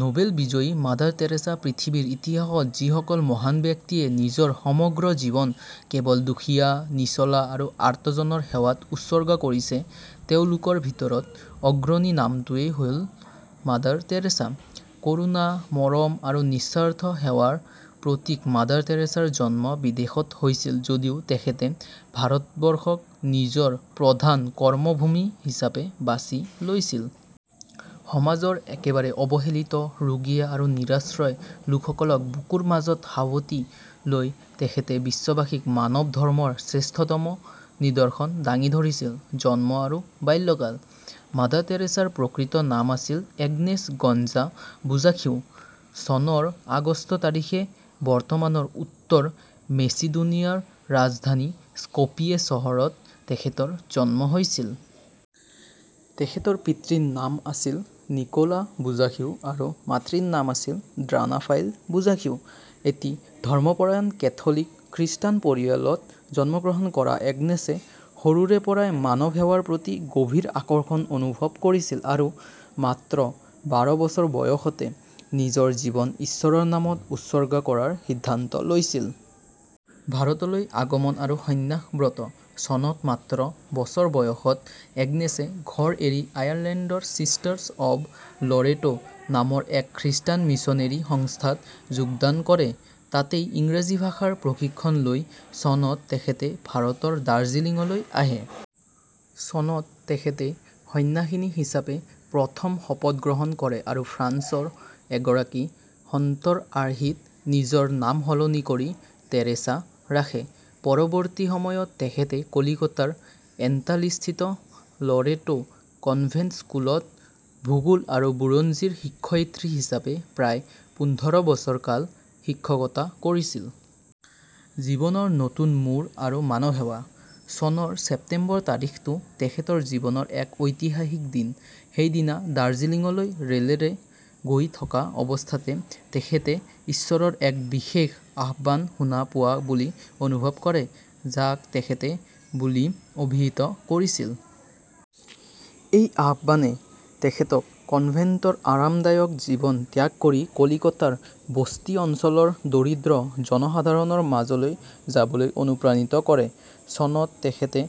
Nobel বিজয়ী Mother Teresa পৃথিৱীৰ ইতিহাসত যিসকল মহান ব্যক্তিয়ে নিজৰ সমগ্ৰ জীৱন কেৱল দুখীয়া, নিছলা আৰু আৰ্তজনৰ সেৱাত উচৰ্গা কৰিছে, তেওঁলোকৰ ভিতৰত অগ্ৰণী নামটোৱেই হ'ল মাদাৰ টেৰেছা। কৰুণা, মৰম আৰু নিস্বাৰ্থ সেৱাৰ প্ৰতীক মাদাৰ টেৰেছাৰ জন্ম বিদেশত হৈছিল যদিও, তেখেতে ভাৰতবৰ্ষক নিজৰ প্ৰধান কৰ্মভূমি হিচাপে বাচি লৈছিল। সমাজৰ একেবাৰে অৱহেলিত, ৰোগীয়া আৰু নিৰাশ্ৰয় লোকসকলক বুকুৰ মাজত সাৱটি লৈ তেখেতে বিশ্ববাসীক মানৱ ধৰ্মৰ শ্ৰেষ্ঠতম নিদৰ্শন দাঙি ধৰিছিল। জন্ম আৰু বাল্যকাল: মাদাৰ টেৰেছাৰ প্ৰকৃত নাম আছিল এগনেছ গঞ্জা বোজাখিউ। চনৰ আগষ্ট তাৰিখে বৰ্তমানৰ উত্তৰ মেচিডোনিয়াৰ ৰাজধানী স্কপিয়ে চহৰত তেখেতৰ জন্ম হৈছিল। তেখেতৰ পিতৃৰ নাম আছিল নিক'লা বোজাখিউ আৰু মাতৃৰ নাম আছিল ড্ৰানাফাইল বোজাখিউ। এটি ধৰ্মপৰায়ণ কেথলিক খ্ৰীষ্টান পৰিয়ালত জন্মগ্ৰহণ কৰা এগনেছে সৰুৰে পৰাই মানৱ সেৱাৰ প্ৰতি গভীৰ আকৰ্ষণ অনুভৱ কৰিছিল আৰু মাত্ৰ বাৰ বছৰ বয়সতে নিজৰ জীৱন ঈশ্বৰৰ নামত উচৰ্গা কৰাৰ সিদ্ধান্ত লৈছিল। ভাৰতলৈ আগমন আৰু সন্ন্যাস ব্ৰত: চনত, মাত্ৰ বছৰ বয়সত এগনেছে ঘৰ এৰি আয়াৰলেণ্ডৰ 'চিষ্টাৰ্ছ অৱ লৰেটো' নামৰ এক খ্ৰীষ্টান মিছনেৰী সংস্থাত যোগদান কৰে। তাতেই ইংৰাজী ভাষাৰ প্ৰশিক্ষণ লৈ চনত তেখেত ভাৰতৰ দাৰ্জিলিঙলৈ আহে। চনত তেখেতে সন্ন্যাসিনী হিচাপে প্ৰথম শপত গ্ৰহণ কৰে আৰু ফ্ৰান্সৰ এগৰাকী সন্তৰ আৰ্হিত নিজৰ নাম সলনি কৰি 'টেৰেছা' ৰাখে। পৰৱৰ্তী সময়ত তেখেতে কলিকতাৰ এণ্টালীস্থিত লৰেটো কনভেণ্ট স্কুলত ভূগোল আৰু বুৰঞ্জীৰ শিক্ষয়িত্ৰী হিচাপে প্ৰায় পোন্ধৰ বছৰ কাল শিক্ষকতা কৰিছিল। জীৱনৰ নতুন মোৰ আৰু মানৱ সেৱা: চনৰ ছেপ্টেম্বৰ তাৰিখটো তেখেতৰ জীৱনৰ এক ঐতিহাসিক দিন। সেইদিনা দাৰ্জিলিঙলৈ ৰে'লেৰে গৈ থকা অৱস্থাত তেখেতে ঈশ্বৰৰ এক বিশেষ আহ্বান শুনা পোৱা বুলি অনুভৱ কৰে, যাক তেখেতে "" বুলি অভিহিত কৰিছিল। এই আহ্বানে তেখেতক কনভেণ্টৰ আৰামদায়ক জীৱন ত্যাগ কৰি কলিকতাৰ বস্তি অঞ্চলৰ দৰিদ্ৰ জনসাধাৰণৰ মাজলৈ যাবলৈ অনুপ্ৰাণিত কৰে। চনত তেখেতে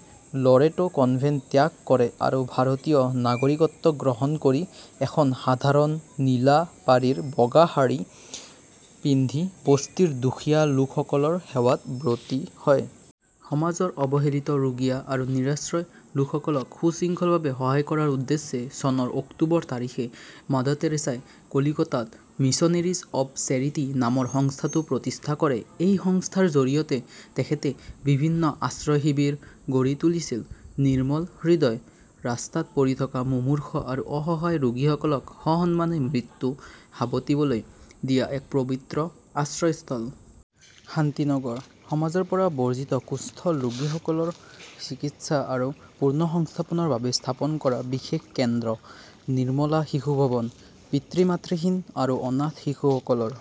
লৰেটো কনভেণ্ট ত্যাগ কৰে আৰু ভাৰতীয় নাগৰিকত্ব গ্ৰহণ কৰি এখন সাধাৰণ নীলা পাৰিৰ বগা শাৰী পিন্ধি বস্তিৰ দুখীয়া লোকসকলৰ সেৱাত ব্ৰতী হয়। সমাজৰ অৱহেলিত, ৰোগীয়া আৰু নিৰাশ্ৰয় লোকসকলক সুশৃংখলভাৱে সহায় কৰাৰ উদ্দেশ্যে চনৰ অক্টোবৰ তাৰিখে মাদাৰ টেৰেছাই কলিকতাত 'মিছনেৰীজ অৱ চেৰিটি' নামৰ সংস্থাটো প্ৰতিষ্ঠা কৰে। এই সংস্থাৰ জৰিয়তে তেখেতে বিভিন্ন আশ্ৰয় শিবিৰ গঢ়ি তুলিছিল: নিৰ্মল হৃদয়: ৰাস্তাত পৰি থকা মুমূৰ্ষু আৰু অসহায় ৰোগীসকলক সসন্মানে মৃত্যু সাৱটিবলৈ দিয়া এক পবিত্ৰ আশ্ৰয়স্থল। শান্তি নগৰ: সমাজৰ পৰা বৰ্জিত কুষ্ঠ ৰোগীসকলৰ চিকিৎসা আৰু পুনৰ্সংস্থাপনৰ বাবে স্থাপন কৰা বিশেষ কেন্দ্ৰ। নিৰ্মলা শিশু ভৱন: পিতৃ-মাতৃহীন আৰু অনাথ শিশুসকলৰ